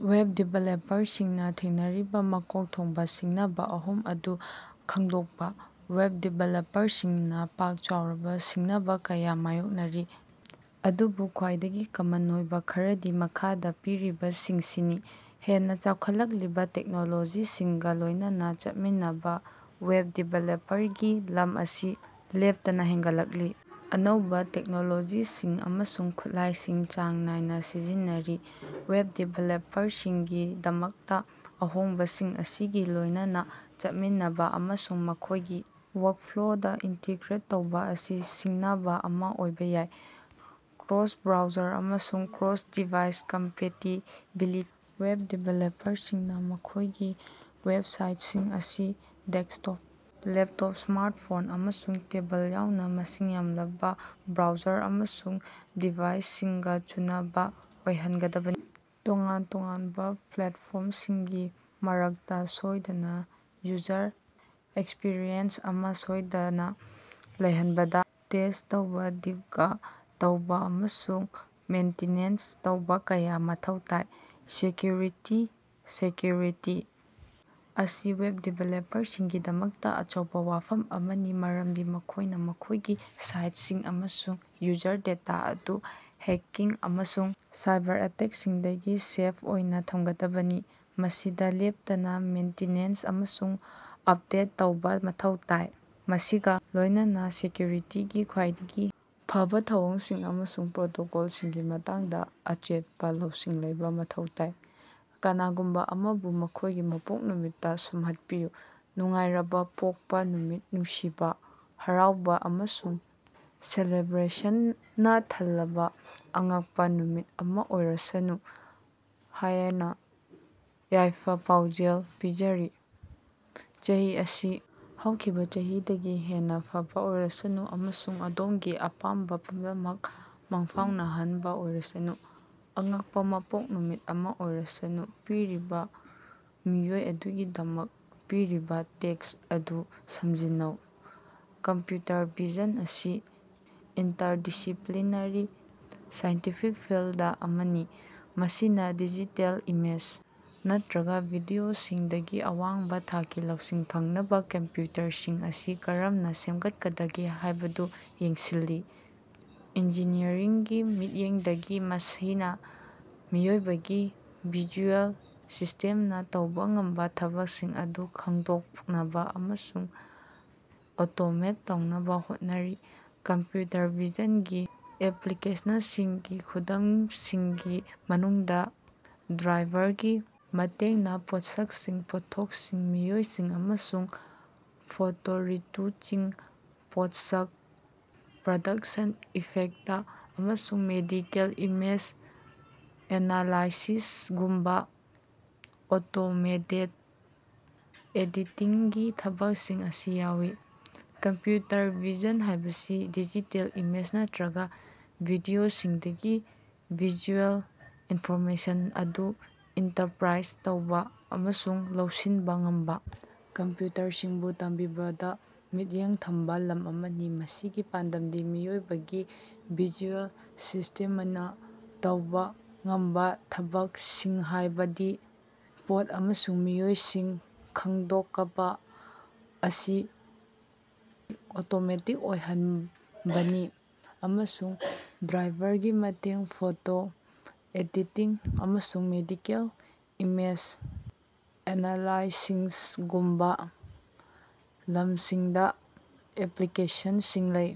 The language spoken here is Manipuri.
ꯋꯦꯕ ꯗꯤꯚꯦꯂꯞꯄꯔꯁꯤꯡꯅꯥ ꯊꯦꯡꯅꯔꯤꯕꯥ ꯃꯀꯣꯛ ꯊꯣꯡꯕꯥ ꯁꯤꯡꯅꯕꯥ ꯑꯍꯨꯝ ꯑꯗꯨ ꯈꯪꯗꯣꯛꯄꯥ꯫ ꯋꯦꯕ ꯗꯤꯚꯦꯂꯞꯄꯔꯁꯤꯡꯅꯥ ꯄꯥꯛ-ꯆꯥꯎꯔꯕꯥ ꯁꯤꯡꯅꯕꯥ ꯀꯌꯥ ꯃꯥꯌꯣꯛꯅꯔꯤ, ꯑꯗꯨꯕꯨ ꯈ꯭ꯋꯥꯏꯗꯒꯤ ꯀꯃꯟ ꯑꯣꯏꯕꯥ ꯈꯔꯗꯤ ꯃꯈꯥꯗꯥ ꯄꯤꯔꯤꯕꯁꯤꯡꯁꯤꯅꯤ: ꯍꯦꯟꯅꯥ ꯆꯥꯎꯈꯠꯂꯛꯂꯤꯕꯥ ꯇꯦꯛꯅꯣꯂꯣꯖꯤꯁꯤꯡꯒꯥ ꯂꯣꯢꯅꯅꯥ ꯆꯠꯃꯤꯟꯅꯕꯥ: ꯋꯦꯕ ꯗꯤꯚꯦꯂꯞꯄꯔꯒꯤ ꯂꯝ ꯑꯁꯤ ꯂꯦꯞꯇꯅꯥ ꯍꯦꯟꯒꯠꯂꯛꯂꯤ ꯑꯅꯧꯕꯥ ꯇꯦꯛꯅꯣꯂꯣꯖꯤꯁꯤꯡ ꯑꯃꯁꯨꯡ ꯈꯨꯠꯂꯥꯢꯁꯤꯡ ꯆꯥꯡ ꯅꯥꯏꯅꯥ ꯁꯤꯖꯤꯟꯅꯔꯤ꯫ ꯋꯦꯕ ꯗꯤꯕꯦꯂꯞꯄꯔꯁꯤꯡꯒꯤꯗꯃꯛꯇꯥ ꯑꯍꯣꯡꯕꯁꯤꯡ ꯑꯁꯤꯒꯥ ꯂꯣꯢꯅꯅꯥ ꯆꯠꯃꯤꯟꯅꯕꯥ ꯑꯃꯁꯨꯡ ꯃꯈꯣꯢꯒꯤ ꯋꯥꯔꯀꯐ꯭ꯂꯣꯗꯥ ꯏꯟꯇꯤꯒ꯭ꯔꯦꯠ ꯇꯧꯕꯥ ꯑꯁꯤ ꯁꯤꯡꯅꯕꯥ ꯑꯃꯥ ꯑꯣꯏꯕꯥ ꯌꯥꯏ꯫ ꯀ꯭ꯔꯣꯁ-ꯕ꯭ꯔꯥꯎꯖꯔ ꯑꯃꯁꯨꯡ ꯀ꯭ꯔꯣꯁ-ꯗꯤꯚꯥꯏꯁ ꯀꯝꯄꯦꯇꯤꯕꯤꯂꯤ: ꯋꯦꯕ ꯗꯤꯚꯦꯂꯞꯄꯔꯁꯤꯡꯅꯥ ꯃꯈꯣꯢꯒꯤ ꯋꯦꯕꯁꯥꯏꯇꯁꯤꯡ ꯑꯁꯤ ꯗꯦꯛꯁꯇꯣꯞ, ꯂꯦꯞꯇꯣꯞ, ꯁ꯭ꯃꯥꯔꯇꯐꯣꯟ ꯑꯃꯁꯨꯡ ꯇꯦꯕꯜ ꯌꯥꯎꯅꯥ ꯃꯁꯤꯡ ꯌꯥꯝꯂꯕꯥ ꯕ꯭ꯔꯥꯎꯖꯔ ꯑꯃꯁꯨꯡ ꯗꯤꯚꯥꯏꯁꯁꯤꯡꯒꯥ ꯆꯨꯅꯕꯥ ꯑꯣꯏꯍꯟꯒꯗꯕꯅꯤ꯫ ꯇꯣꯉꯥꯟ-ꯇꯣꯉꯥꯟꯕꯥ ꯄ꯭ꯂꯦꯇꯐꯣꯔꯝꯁꯤꯡꯒꯤ ꯃꯔꯛꯇꯥ ꯁꯣꯢꯗꯅꯥ ꯌꯨꯖꯔ ꯑꯦꯛꯁꯄꯤꯔꯤꯑꯦꯟꯁ ꯑꯃꯥ ꯁꯣꯗꯗꯅꯥ ꯂꯩꯍꯟꯕꯗꯥ ꯇꯦꯁ꯭ꯠ ꯇꯧꯕꯥ ꯗꯤꯕꯒ ꯇꯧꯕꯥ ꯑꯃꯁꯨꯡ ꯃꯦꯟꯇꯤꯅꯦꯟꯁ ꯇꯧꯕꯥ ꯀꯌꯥ ꯃꯊꯧ ꯇꯥꯏ꯫ ꯁꯦꯛꯌꯨꯔꯤꯇꯤ: ꯁꯦꯛꯌꯨꯔꯤꯇꯤ ꯑꯁꯤ ꯋꯦꯕ ꯗꯤꯚꯦꯂꯄꯔꯁꯤꯡꯒꯤꯗꯃꯛꯇꯥ ꯑꯆꯧꯕꯥ ꯋꯥꯐꯝ ꯑꯃꯅꯤ ꯃꯔꯝꯗꯤ ꯃꯈꯣꯢꯅꯥ ꯃꯈꯣꯢꯒꯤ ꯁꯥꯏꯠꯁꯤꯡ ꯑꯃꯁꯨꯡ ꯌꯨꯖꯔ ꯗꯦꯇꯥ ꯑꯗꯨ ꯍꯦꯛꯀꯤꯡ ꯑꯃꯁꯨꯡ ꯁꯥꯏꯕꯔ ꯑꯦꯇꯦꯛꯁꯤꯡꯗꯒꯤ ꯁꯦꯐ ꯑꯣꯏꯅꯥ ꯊꯃꯒꯗꯕꯅꯤ꯫ ꯃꯁꯤꯗꯥ ꯂꯦꯞꯇꯅꯥ ꯃꯦꯟꯇꯤꯅꯦꯟꯁ ꯑꯃꯁꯨꯡ ꯎꯞꯗꯦꯠ ꯇꯧꯕꯥ ꯃꯊꯧ ꯇꯥꯏ ꯃꯁꯤꯒꯥ ꯂꯣꯢꯅꯅꯥ ꯁꯦꯛꯀ꯭ꯌꯨꯔꯤꯇꯤꯒꯤ ꯈ꯭ꯋꯥꯏꯗꯒꯤ ꯐꯕꯥ ꯊꯧꯑꯣꯡꯁꯤꯡ ꯑꯃꯁꯨꯡ ꯄ꯭ꯔꯣꯇꯣꯀꯣꯜꯁꯤꯡꯒꯤ ꯃꯇꯥꯡꯗꯥ ꯑꯆꯦꯠꯄꯥ ꯂꯧꯁꯤꯡ ꯂꯩꯕꯥ ꯃꯊꯧ ꯇꯥꯏ꯫ ꯀꯅꯥꯒꯨꯝꯕꯥ ꯑꯃꯕꯨ ꯃꯈꯣꯢꯒꯤ ꯃꯄꯣꯛ ꯅꯨꯃꯤꯠꯇꯥ ꯁꯨꯝꯍꯠꯄꯤꯌꯨ꯫ ꯅꯨꯡꯉꯥꯏꯔꯕ ꯄꯣꯛꯄ ꯅꯨꯃꯤꯠ ꯅꯨꯡꯁꯤꯕꯥ, ꯍꯔꯥꯎꯕꯥ ꯑꯃꯁꯨꯡ ꯁꯦꯂꯦꯕ꯭ꯔꯦꯁꯟꯅꯥ ꯊꯜꯂꯕꯥ ꯑꯉꯛꯄꯥ ꯅꯨꯃꯤꯠ ꯑꯃꯥ ꯑꯣꯏꯔꯁꯅꯨ ꯍꯥꯌꯅꯥ ꯌꯥꯏꯐ-ꯄꯥꯎꯖꯦꯜ ꯄꯤꯖꯔꯤ꯫ ꯆꯍꯤ ꯑꯁꯤ ꯍꯧꯈꯤꯕꯥ ꯆꯍꯤꯗꯒꯤ ꯍꯦꯟꯅꯥ ꯐꯕꯥ ꯑꯣꯏꯔꯁꯅꯨ ꯑꯃꯁꯨꯡ ꯑꯗꯣꯝꯒꯤ ꯑꯄꯥꯝꯕꯥ ꯄꯨꯝꯅꯃꯛ ꯃꯪꯐꯥꯎꯅꯍꯟꯕꯥ ꯑꯣꯏꯔꯁꯅꯨ꯫ ꯑꯉꯛꯄꯥ ꯃꯄꯣꯛ ꯅꯨꯃꯤꯠ ꯑꯃꯥ ꯑꯣꯏꯔꯁꯅꯨ ꯄꯥꯔꯤꯕꯥ ꯃꯤꯑꯣꯏ ꯑꯗꯨꯒꯤꯗꯃꯛ ꯄꯤꯔꯤꯕꯥ ꯇꯦꯛꯁ ꯑꯗꯨ ꯁꯝꯖꯤꯟꯅꯧ꯫ ꯀꯝꯄ꯭ꯌꯨꯇꯔ ꯚꯤꯖꯟ ꯑꯁꯤ ꯏꯟꯇꯔꯗꯤꯁꯤꯄ꯭ꯂꯤꯅꯔꯤ ꯁꯥꯏꯟꯇꯤꯐꯤꯛ ꯐꯤꯜꯗ ꯑꯃꯅꯤ ꯃꯁꯤꯅꯥ ꯗꯤꯖꯤꯇꯦꯜ ꯏꯃꯦꯖ ꯅꯠꯇ꯭ꯔꯒꯥ ꯚꯤꯗꯤꯑꯣꯁꯤꯡꯗꯒꯤ ꯑꯋꯥꯡꯕꯥ ꯊꯥꯛꯀꯤ ꯂꯧꯁꯤꯡ ꯐꯪꯅꯕꯥ ꯀꯝꯄ꯭ꯌꯨꯇꯔꯁꯤꯡ ꯑꯁꯤ ꯀꯔꯝꯅꯥ ꯁꯦꯃꯒꯠꯀꯗꯒꯦ ꯍꯥꯢꯕꯗꯨ ꯌꯦꯡꯁꯤꯜꯂꯤ꯫ ꯏꯟꯖꯤꯅꯤꯌꯔꯤꯡꯒꯤ ꯃꯤꯠꯌꯦꯡꯗꯒꯤ ꯃꯁꯤꯅꯥ ꯃꯤꯑꯣꯏꯕꯒꯤ ꯚꯤꯖꯨꯑꯦꯜ ꯁꯤꯁꯇꯦꯝꯅꯥ ꯇꯧꯕꯥ ꯉꯝꯕꯥ ꯊꯕꯛꯁꯤꯡ ꯑꯗꯨ ꯈꯪꯗꯣꯛꯅꯕꯥ ꯑꯃꯁꯨꯡ ꯑꯣꯇꯣꯃꯦꯠ ꯇꯧꯅꯕꯥ ꯍꯣꯠꯅꯔꯤ꯫ ꯀꯝꯄ꯭ꯌꯨꯇꯔ ꯚꯤꯖꯟꯒꯤ ꯑꯦꯄ꯭ꯂꯤꯀꯦꯁꯅꯁꯤꯡꯒꯤ ꯈꯨꯗꯝꯁꯤꯡꯒꯤ ꯃꯅꯨꯡꯗꯥ ꯗ꯭ꯔꯥꯏꯚꯔꯒꯤ ꯃꯇꯦꯡꯅꯥ ꯄꯣꯠꯁꯛꯁꯤꯡ, ꯄꯣꯠꯊꯣꯛꯁꯤꯡ, ꯃꯤꯑꯣꯏꯁꯤꯡ ꯑꯃꯁꯨꯡ ꯐꯣꯇꯣ ꯔꯤꯇꯨꯆꯤꯡ, ꯄꯣꯁ꯭ꯠ-ꯄ꯭ꯔꯗꯛꯁꯟ ꯏꯐꯦꯛꯇ ꯑꯃꯁꯨꯡ ꯃꯦꯗꯤꯀꯦꯜ ꯏꯃꯦꯖ ꯑꯦꯅꯥꯂꯥꯏꯁꯤꯁꯒꯨꯝꯕꯥ ꯑꯣꯇꯣꯃꯦꯇꯦꯗ ꯑꯦꯗꯤꯇꯤꯡꯒꯤ ꯊꯕꯛꯁꯤꯡ ꯑꯁꯤ ꯌꯥꯎꯏ꯫ ꯀꯝꯄ꯭ꯌꯨꯇꯔ ꯚꯤꯖꯟ ꯍꯥꯢꯕꯁꯤ ꯗꯤꯖꯤꯇꯦꯜ ꯏꯃꯦꯖ ꯅꯠꯇ꯭ꯔꯒꯥ ꯚꯤꯗꯤꯑꯣꯁꯤꯡꯗꯒꯤ ꯚꯤꯖꯨꯑꯦꯜ ꯏꯟꯐꯣꯔꯃꯦꯁꯟ ꯑꯗꯨ ꯏꯟꯇꯔꯄ꯭ꯔꯥꯏꯖ ꯇꯧꯕꯥ ꯑꯃꯁꯨꯡ ꯂꯧꯁꯤꯟꯕꯥ ꯉꯝꯕꯥ ꯀꯝꯄ꯭ꯌꯨꯇꯔꯁꯤꯡꯕꯨ ꯇꯝꯕꯤꯕꯗꯥ ꯃꯤꯠꯌꯦꯡ ꯊꯝꯕꯥ ꯂꯝ ꯑꯃꯅꯤ꯫ ꯃꯁꯤꯒꯤ ꯄꯥꯟꯗꯝꯗꯤ ꯃꯤꯑꯣꯏꯕꯒꯤ ꯚꯤꯖꯨꯑꯦꯜ ꯁꯤꯁ꯭ꯇꯦꯃꯅꯥ ꯇꯧꯕꯥ ꯉꯝꯕꯥ ꯊꯕꯛ꯫ꯁꯤꯡꯍꯥꯢꯕꯗꯤ ꯄꯣꯠ ꯑꯃꯁꯨꯡ ꯃꯤꯑꯣꯏꯁꯤꯡ ꯈꯪꯗꯣꯀꯄꯥ ꯑꯁꯤ ꯑꯣꯇꯣꯃꯦꯇꯤꯛ ꯑꯣꯏꯍꯟꯕꯅꯤ ꯑꯃꯁꯨꯡ ꯗ꯭ꯔꯥꯏꯚꯔꯒꯤ ꯃꯇꯦꯡ, ꯐꯣꯇꯣ ꯑꯦꯗꯤꯇꯤꯡ, ꯑꯃꯁꯨꯡ ꯃꯦꯗꯤꯀꯦꯜ ꯏꯃꯦꯖ ꯑꯦꯅꯥꯂꯥꯏꯁꯤꯁꯒꯨꯝꯕꯥ ꯂꯝꯁꯤꯡꯗꯥ ꯑꯦꯄ꯭ꯂꯤꯀꯦꯁꯟꯁꯤꯡ ꯂꯩ꯫